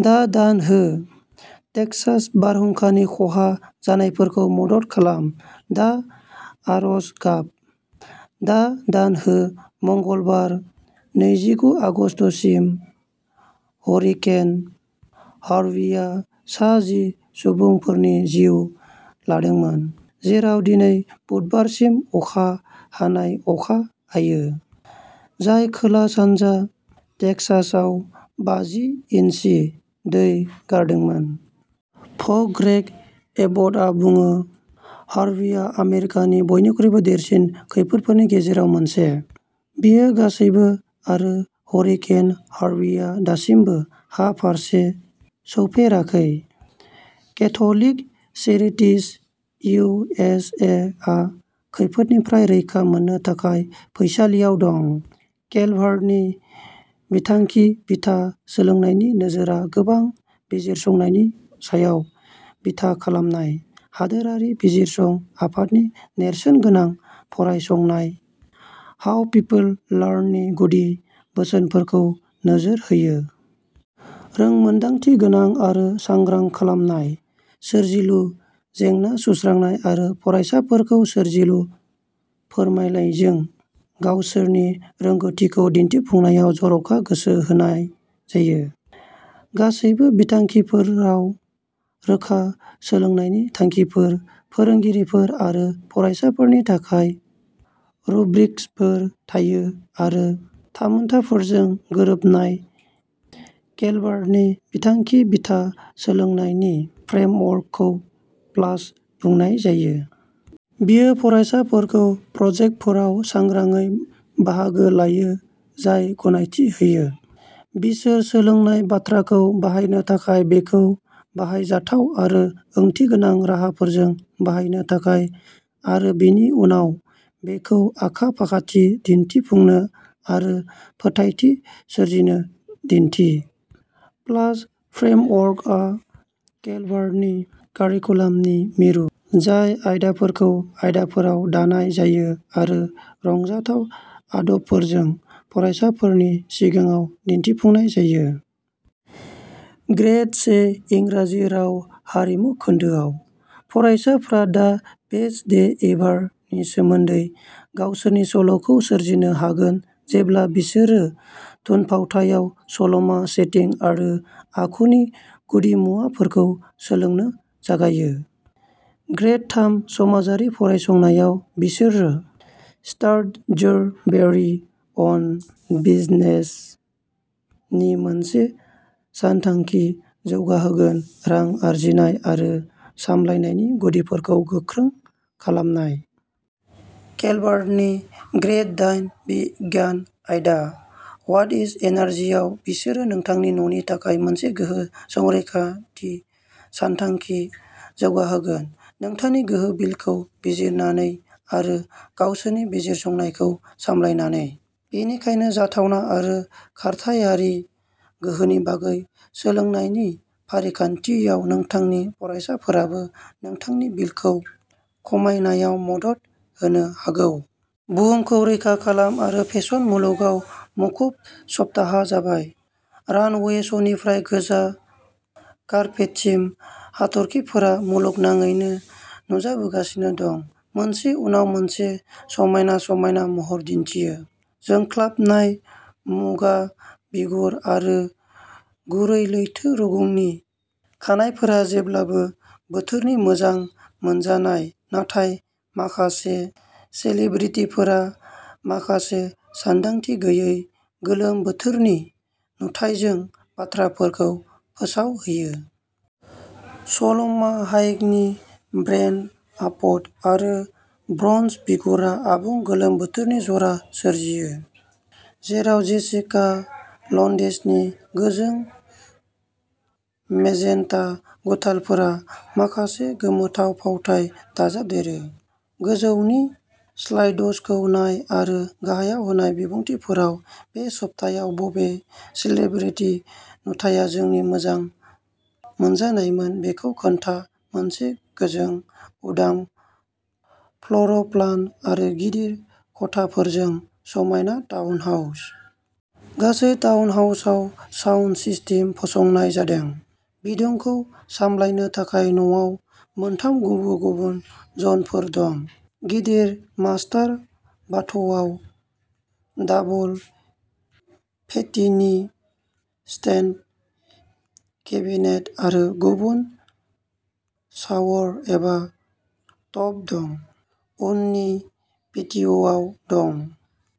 दा दान हो, टेक्सास बारहुंखानि खहा जानायफोरखौ मदद खालाम दा आरज गाब, दा दान हो मंगलबार, नैजिगु आगस्तसिम, हरिकेन हार्विआ सा जि सुबुंफोरनि जिउ लादोंमोन, जेराव दिनै बुधबारसिम अखा हानाय अखा हायो, जाय खोला-सानजा टेक्सासआव बाजि इन्सि दै गारदोंमोन। गभ ग्रेग एबटआ बुङो हार्विआ "आमेरिकानि बयनिख्रुइ देरसिन खैफोदफोरनि गेजेराव मोनसे"। बियो गासैबो आरो हरिकेन हार्विआ दासिमबो हा फारसे सौफेराखै। Catholic Charities U S A आ खैफोदनिफ्राय रैखा मोननो थाखाय फैसालियाव दं। केलभार्टनि बिथांखि बिथा सोलोंनायनि नोजोरआ गोबां बिजिरसंनायनि सायाव बिथा खालामनाय, हादोरारि बिजिरसं आफादनि नेरसोनगोनां फरायसंनाय, हाउ पिपल लार्ननि गुदि बोसोनफोरखौ नोजोर होयो। रोंमोनदांथिगोनां आरो सांग्रां "खालामनाय", सोरजिलु जेंना सुस्रांनाय आरो फरायसाफोरखौ सोरजिलु फोरमायनायजों गावसोरनि रोंग'थिखौ दिन्थिफुंनायाव जर'खा गोसो होनाय जायो। गासैबो बिथांखिफोराव रोखा सोलोंनायनि थांखिफोर, फोरोंगिरिफोर आरो फरायसाफोरनि थाखाय रुब्रिक्सफोर थायो आरो थामोनथाफोरजों गोरोबनाय। केलभार्टनि बिथांखि बिथा सोलोंनायनि फ्रेमवर्कखौ प्लास बुंनाय जायो। बियो फरायसाफोरखौ प्रजेक्टफोराव सांग्राङै बाहागो लायो जाय गनायथि होयो। बिसोर सोलोंनाय बाथ्राखौ बाहायनो थाखाय बेखौ बाहायजाथाव आरो ओंथिगोनां राहाफोरजों बाहायनो थाखाय आरो बेनि उनाव बेखौ आखा-फाखाथि दिनथिफुंनो आरो फोथायथि सोरजिनो दिन्थि। प्लास फ्रेमवर्कआ केलभार्टनि कारिकुलामनि मिरु, जाय आयदाफोरखौ आयदाफोराव दानाय जायो आरो रंजाथाव आदबफोरजों फरायसाफोरनि सिगाङाव दिन्थिफुंनाय जायो। ग्रेड से इंराजि राव हारिमु खोन्दोआव, फरायसाफ्रा "दा बेस्ट डे एभार" नि सोमोन्दै गावसोरनि सल'खौ सोरजिनो हागोन जेब्ला बिसोरो थुनफावथाइयाव सल'मा, सेटिं आरो आखुनि गुदिमुवाफोरखौ सोलोंनो जागायो। ग्रेड थाम समाजारि फरायसंनायाव, बिसोरो "start your very own business" नि मोनसे सानथांखि जौगाहोगोन रां आर्जिनाय आरो सामलायनायनि गुदिफोरखौ गोख्रों खालामनाय। केलभार्टनि ग्रेड दाइन बिगियान आयदा, वाट इज एनार्जिआव, बिसोरो नोंथांनि न'नि थाखाय मोनसे गोहो संरैखाथि सानथांखि जौगाहोगोन, नोंथांनि गोहो बिलफोरखौ बिजिरनानै आरो गावसोरनि बिजिरसंनायखौ सामलायनानै। बिनिखायनो जाथावना आरो खारथायारि गोहोनि बागै सोलोंनायनि फारिखान्थियाव, नोंथांनि फरायसाफोराबो नोंथांनि बिलखौ खमायनायाव मदद होनो हागौ। बुहुमखौ रैखा खालाम आरो फेसन मुलुगाव मुखुब सप्ताह जाबाय। रानवे श'निफ्राय गोजा कार्पेटसिम, हाथरखिफोरा मुलुगनाङैनो नुजाबोगासिनो दं, मोनसे उनाव मोनसे समायना समायना महर दिन्थियो। जोंख्लाबनाय, मुगा बिगुर आरो गुरै लैथो रुगुंनि खानाइफोरा जेब्लाबो बोथोरनि मोजां मोनजानाय, नाथाय माखासे सेलिब्रिटिफोरा माखासे सानदांथि गैयै गोलोम बोथोरनि नुथाइजों बाथ्राफोरखौ फोसावहोयो। सल'मा हायेकनि ब्रेइड आपद आरो ब्रन्ज बिगुरा आबुं गोलोम बोथोरनि जरा सोरजियो, जेराव जेसिका लन्डेसनि गोजों मेजेन्टा गुथालफोरा माखासे गोमोथाव फावथाय दाजाबदेरो। गोजौनि स्लाइडसखौ नाय आरो गाहायाव होनाय बिबुंथिफोराव बे सप्तायाव बबे सेलिब्रिटि नुथाया नोंनि मोजां मोनजानायमोन बेखौ खोन्था मोनसे गोजों, उदां फ्ल'र' प्लान आरो गिदिर खथाफोरजों समायना टाउन हाउस। गासै टाउन हाउसआव साउन्ड सिस्टेम फसंनाय जादों। बिदुंखौ सामलायनो थाखाय न'आव मोनथाम गुबुन-गुबुन जनफोर दं। गिदिर मास्टार बाथ'आव दाबल फेनिटी, स्टेनड केबिनेट आरो गुबुन शावर एबा टब दं। उननि पेटिय'आव दं।